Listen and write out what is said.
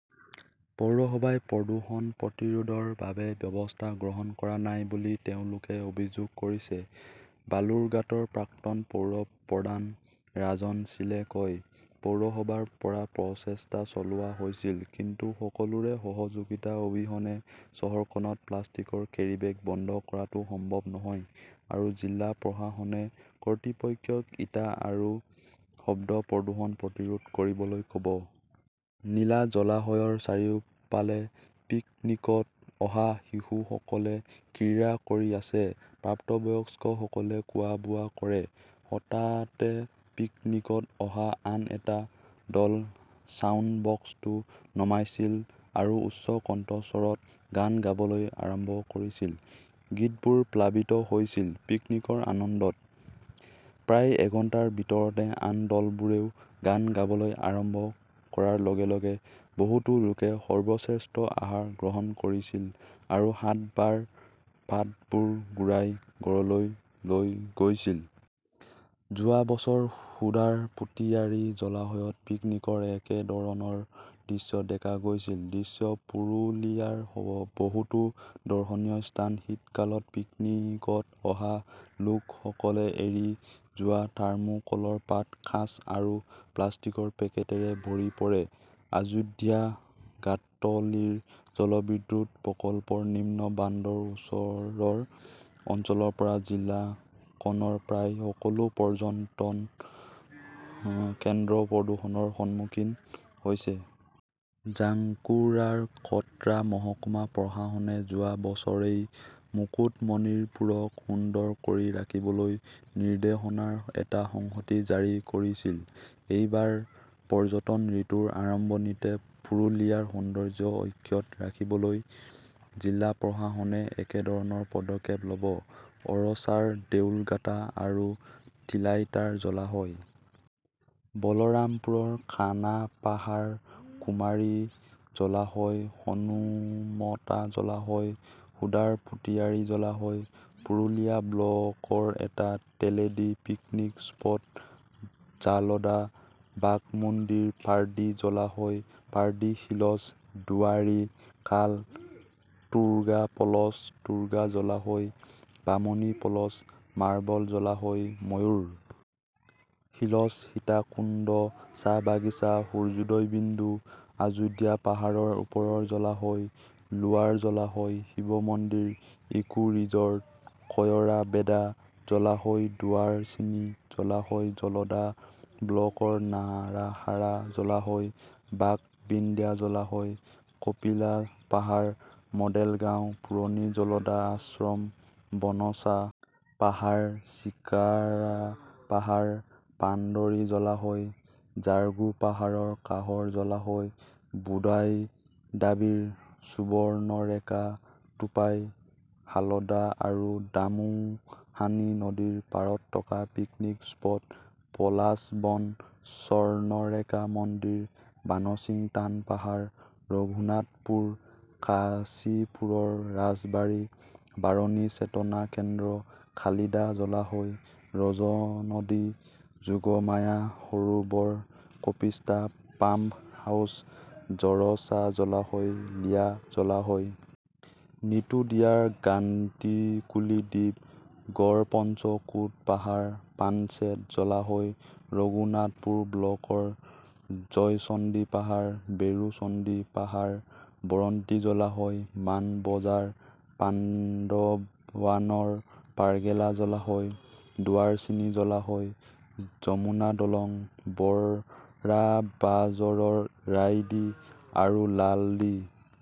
পৌৰসভাই প্ৰদূষণ প্ৰতিৰোধৰ বাবে ব্যৱস্থা গ্ৰহণ কৰা নাই বুলি তেওঁলোকে অভিযোগ কৰিছে। বালুৰঘাটৰ প্ৰাক্তন পৌৰ প্ৰধান ৰাজন শ্বিলে কয়, পৌৰসভাৰ পৰা প্ৰচেষ্টা চলোৱা হৈছিল, কিন্তু সকলোৰে সহযোগিতা অবিহনে চহৰখনত প্লাষ্টিকৰ কেৰিবেগ বন্ধ কৰাটো সম্ভৱ নহয় আৰু জিলা প্ৰশাসনে কৰ্তৃপক্ষক ইটা আৰু শব্দ প্ৰদূষণ প্ৰতিৰোধ কৰিবলৈ ক'ব। নীলা জলাশয়ৰ চাৰিওফালে পিকনীকত অহা শিশুসকলে ক্ৰীড়া কৰি আছে। প্ৰাপ্তবয়স্কসকলে খোৱা-বোৱা কৰে। হঠাতে পিকনীকত অহা আন এটা দলে ছাউণ্ডবক্সটো নমাইছিল আৰু উচ্চ কণ্ঠস্বৰত গান গাবলৈ আৰম্ভ কৰিছিল। গীতবোৰ প্লাবিত হৈছিল পিকনিকৰ আনন্দত। প্ৰায় এঘণ্টাৰ ভিতৰতে আন দলবোৰেও গান গাবলৈ আৰম্ভ কৰাৰ লগে লগে বহুতো লোকে সৰ্বশ্ৰেষ্ঠ আহাৰ গ্ৰহণ কৰিছিল আৰু সাতবাৰ পাতবোৰ ঘূৰাই ঘৰলৈ লৈ গৈছিল। যোৱা বছৰ হুডাৰ ফুটিয়াৰী জলাশয়ত পিকনীকৰ একেধৰণৰ দৃশ্য দেখা গৈছিল। দৃশ্য -পুৰুলিয়াৰ বহুতো দৰ্শনীয় স্থান শীতকালত পিকনীকত অহা লোকসকলে এৰি যোৱা থাৰ্মোকলৰ পাত, কাঁচ আৰু প্লাষ্টিকৰ পেকেটেৰে ভৰি পৰে। অযোধ্যাঘাটলীৰ জলবিদ্যুৎ প্ৰকল্পৰ নিম্ন বান্ধৰ ওচৰৰ অঞ্চলৰ পৰা জিলাখনৰ প্ৰায় সকলো পৰ্যটন কেন্দ্ৰ প্ৰদূষণৰ সন্মুখীন হৈছে। যাঙ্কুৰাৰ খত্ৰা মহকুমা প্ৰশাসনে যোৱা বছৰেই মুকুটমণিপুৰক সুন্দৰ কৰি ৰাখিবলৈ নিৰ্দেশনাৰ এটা সংহতি জাৰি কৰিছিল। এইবাৰ পৰ্যটন ঋতুৰ আৰম্ভণিতে পুৰুলিয়াৰ সৌন্দৰ্য অক্ষত ৰাখিবলৈ জিলা প্ৰশাসনে একেধৰণৰ পদক্ষেপ ল'ব। অৰছাৰ দেউলঘাটা আৰু তিলাইতাৰ জলাশয়--- বলৰামপুৰৰ কানা পাহাৰ, কুমাৰী জলাশয়, হনুমতা জলাশয়, হুডাৰ ফুটিয়াৰী জলাশয়, পুৰুলিয়া ব্লকৰ এটা তেলেডি পিকনিক স্পট, ঝালদা, বাগমুণ্ডীৰ পাৰ্ডি জলাশয়, পাৰ্ডি হিলছ, ডুৱাৰী খাল, টুৰ্গা ফলছ, টুৰ্গা জলাশয়, বামনী ফলছ, মাৰ্বল জলাশয়, ময়ূৰ হিলছ, সীতাকুণ্ড, চাহ বাগিচা, সূৰ্যোদয় বিন্দু, অাযোধ্যা পাহাৰৰ ওপৰৰ জলাশয়, লোৱাৰ জলাশয়, শিৱ মন্দিৰ, ইকো-ৰিজৰ্ট, কয়ৰাবেদা জলাশয়, ডুৱাৰচিনি জলাশয়, জলদা ব্লকৰ নাৰাহাৰা জলাশয়, বাগবিন্ধ্যা জলাশয়, কপিলা পাহাৰ, মডেল গাঁও, পুৰণি জলদা আশ্ৰম, বনসা--- পাহাৰ, চিকাৰা পাহাৰ, পাণ্ডৰী জলাশয়, জাৰগো পাহাৰৰ কাষৰ জলাশয়, বুদাই দাৱিৰ, সুবৰ্ণৰেখা, টুপাই, শালদা আৰু দামোহানী নদীৰ পাৰত থকা পিকনিক স্পট, পলাশবন, স্বৰ্ণৰেখা মন্দিৰ, ভানসিং থান পাহাৰ, ৰঘুনাথপুৰ, কাশীপুৰৰ ৰাজবাৰী, বাৰণী চেতনা কেন্দ্ৰ, কালিধা জলাশয়, ৰঞ্জনদী যোগমায়া সৰোবৰ, কপিষ্টা পাম্প হাউচ, জৰছা জলাশয়, লিয়া জলাশয়। নিতুডিয়াৰ গান্টিকুলি দ্বীপ, গড়পঞ্চকোট পাহাৰ, পাঞ্চেত জলাশয়, ৰঘুনাথপুৰ ব্লকৰ জয়চণ্ডী পাহাৰ, বেৰো চণ্ডী পাহাৰ, বৰন্তী জলাশয়, মান বজাৰ, বান্ধৱানৰ পাৰ্গেলা জলাশয়, ডুৱাৰচিনি জলাশয়, যমুনা দলং, বৰাবাজৰৰ ৰাইডি আৰু লালডি।